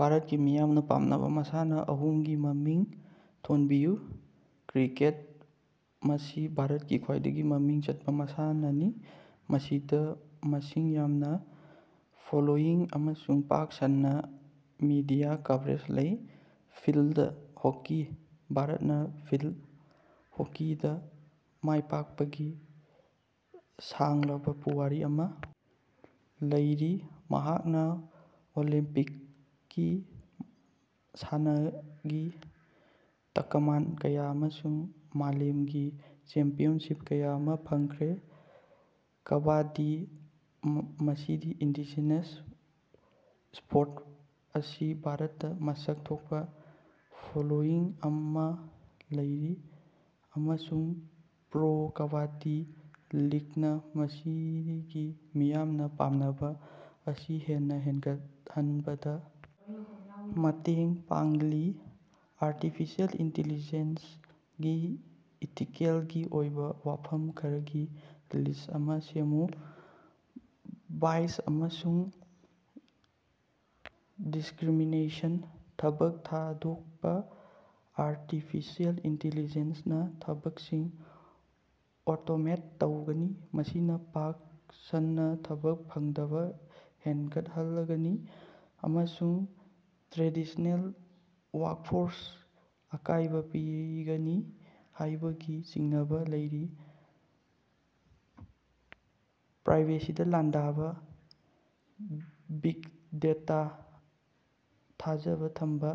ꯚꯥꯔꯠꯀꯤ ꯃꯤꯌꯥꯝꯅ ꯄꯥꯝꯅꯕ ꯃꯁꯥꯟꯅꯥ ꯑꯍꯨꯝꯒꯤ ꯃꯃꯤꯡ ꯊꯣꯟꯕꯤꯌꯨ꯫ ꯀ꯭ꯔꯤꯀꯦꯠ: ꯃꯁꯤ ꯚꯥꯔꯠꯀꯤ ꯈ꯭ꯋꯥꯏꯗꯒꯤ ꯃꯃꯤꯡ ꯆꯠꯄ ꯃꯁꯥꯟꯅꯅꯤ, ꯃꯁꯤꯗ ꯃꯁꯤꯡ ꯌꯥꯝꯅ ꯐꯣꯂꯣꯋꯤꯡ ꯑꯃꯁꯨꯡ ꯄꯥꯛ ꯁꯟꯅ ꯃꯤꯗꯤꯌꯥ ꯀꯚꯔꯦꯖ ꯂꯩ꯫ ꯐꯤꯜꯗ ꯍꯣꯀꯤ: ꯚꯥꯔꯠꯅ ꯐꯤꯜꯗ ꯍꯣꯀꯤꯗ ꯃꯥꯏꯄꯥꯛꯄꯒꯤ ꯁꯥꯡꯂꯕ ꯄꯨꯋꯥꯔꯤ ꯑꯃ ꯂꯩꯔꯤ, ꯃꯍꯥꯛꯅ ꯑꯣꯂꯦꯝꯄꯤꯛꯁꯀꯤ ꯁꯅꯥꯒꯤ ꯇꯀꯃꯥꯟ ꯀꯌꯥ ꯑꯃꯁꯨꯡ ꯃꯥꯂꯦꯝꯒꯤ ꯆꯦꯝꯄꯤꯌꯟꯁꯤꯞ ꯀꯌꯥ ꯑꯃ ꯐꯪꯈ꯭ꯔꯦ꯫ ꯀꯕꯥꯗꯗꯤ: ꯃꯁꯤꯒꯤ ꯏꯟꯗꯤꯖꯦꯅꯁ ꯁ꯭ꯄꯣꯔꯠ ꯑꯁꯤ ꯚꯥꯔꯠꯇ ꯃꯁꯛ ꯊꯣꯛꯄ ꯐꯣꯂꯣꯋꯤꯡ ꯑꯃ ꯂꯩꯔꯤ, ꯑꯃꯁꯨꯡ ꯄ꯭ꯔꯣ ꯀꯕꯥꯗꯗꯤ ꯂꯤꯒꯅ ꯃꯁꯤꯒꯤ ꯃꯤꯌꯥꯝꯅ ꯄꯥꯝꯅꯕ ꯑꯁꯤ ꯍꯦꯟꯅ ꯍꯦꯟꯒꯠꯍꯟꯕꯗ ꯃꯇꯦꯡ ꯄꯥꯡꯂꯤ꯫ ꯑꯥꯔꯇꯤꯐꯤꯁꯤꯑꯦꯜ ꯏꯟꯇꯤꯂꯤꯖꯦꯟꯁ ꯒꯤ ꯏꯊꯤꯀꯦꯜꯒꯤ ꯑꯣꯏꯕ ꯋꯥꯐꯝ ꯈꯔꯒꯤ ꯂꯤꯁ꯭ꯠ ꯑꯃ ꯁꯦꯝꯃꯨ꯫ ꯕꯥꯏꯁ ꯑꯃꯁꯨꯡ ꯗꯤꯁꯀ꯭ꯔꯤꯃꯤꯅꯦꯁꯟ: ꯊꯕꯛ ꯊꯥꯗꯣꯀꯄꯥ: ꯑꯥꯔꯇꯤꯐꯤꯁꯤꯑꯦꯜ ꯏꯟꯇꯤꯂꯤꯖꯦꯟꯁ ꯅ ꯊꯕꯛꯁꯤꯡ ꯑꯣꯇꯣꯃꯦꯠ ꯇꯧꯒꯅꯤ, ꯃꯁꯤꯅ ꯄꯥꯛ ꯁꯟꯅ ꯊꯕꯛ ꯐꯪꯗꯕ ꯊꯣꯛꯍꯜꯂꯒꯅꯤ ꯑꯃꯁꯨꯡ ꯇ꯭ꯔꯦꯗꯤꯁ꯭ꯅꯦꯜ ꯋꯥꯔꯛꯐꯣꯔꯁꯇ ꯑꯀꯥꯏꯕ ꯄꯤꯒꯅꯤ ꯍꯥꯏꯕꯒꯤ ꯆꯤꯡꯅꯕ ꯂꯩꯔꯤ꯫ ꯄ꯭ꯔꯥꯏꯚꯦꯁꯤꯗ ꯂꯥꯟꯗꯥꯕ: ꯕꯤꯒ ꯗꯦꯇꯥꯗ ꯊꯥꯖꯕ ꯊꯝꯕ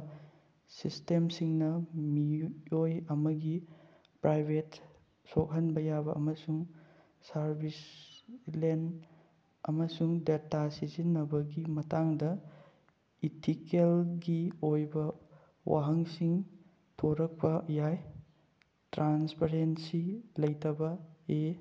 ꯁꯤꯁꯇꯦꯝꯁꯤꯡꯅ ꯃꯤꯑꯣꯏ ꯑꯃꯒꯤ ꯄ꯭ꯔꯥꯏꯚꯦꯁꯤꯗ ꯁꯣꯛꯍꯟꯕ ꯌꯥꯏ ꯑꯃꯁꯨꯡ ꯁꯔꯚꯤꯂꯦꯟꯁ ꯑꯃꯁꯨꯡ ꯗꯦꯇꯥ ꯁꯤꯖꯤꯟꯅꯕꯒꯤ ꯃꯇꯥꯡꯗꯥ ꯏꯊꯤꯀꯦꯜꯒꯤ ꯑꯣꯏꯕꯥ ꯋꯥꯍꯪꯁꯤꯡ ꯊꯣꯔꯀꯄꯥ ꯌꯥꯏ꯫ ꯇ꯭ꯔꯥꯟꯁꯄꯔꯦꯟꯁꯤ ꯂꯩꯇꯕ: ꯑꯦ.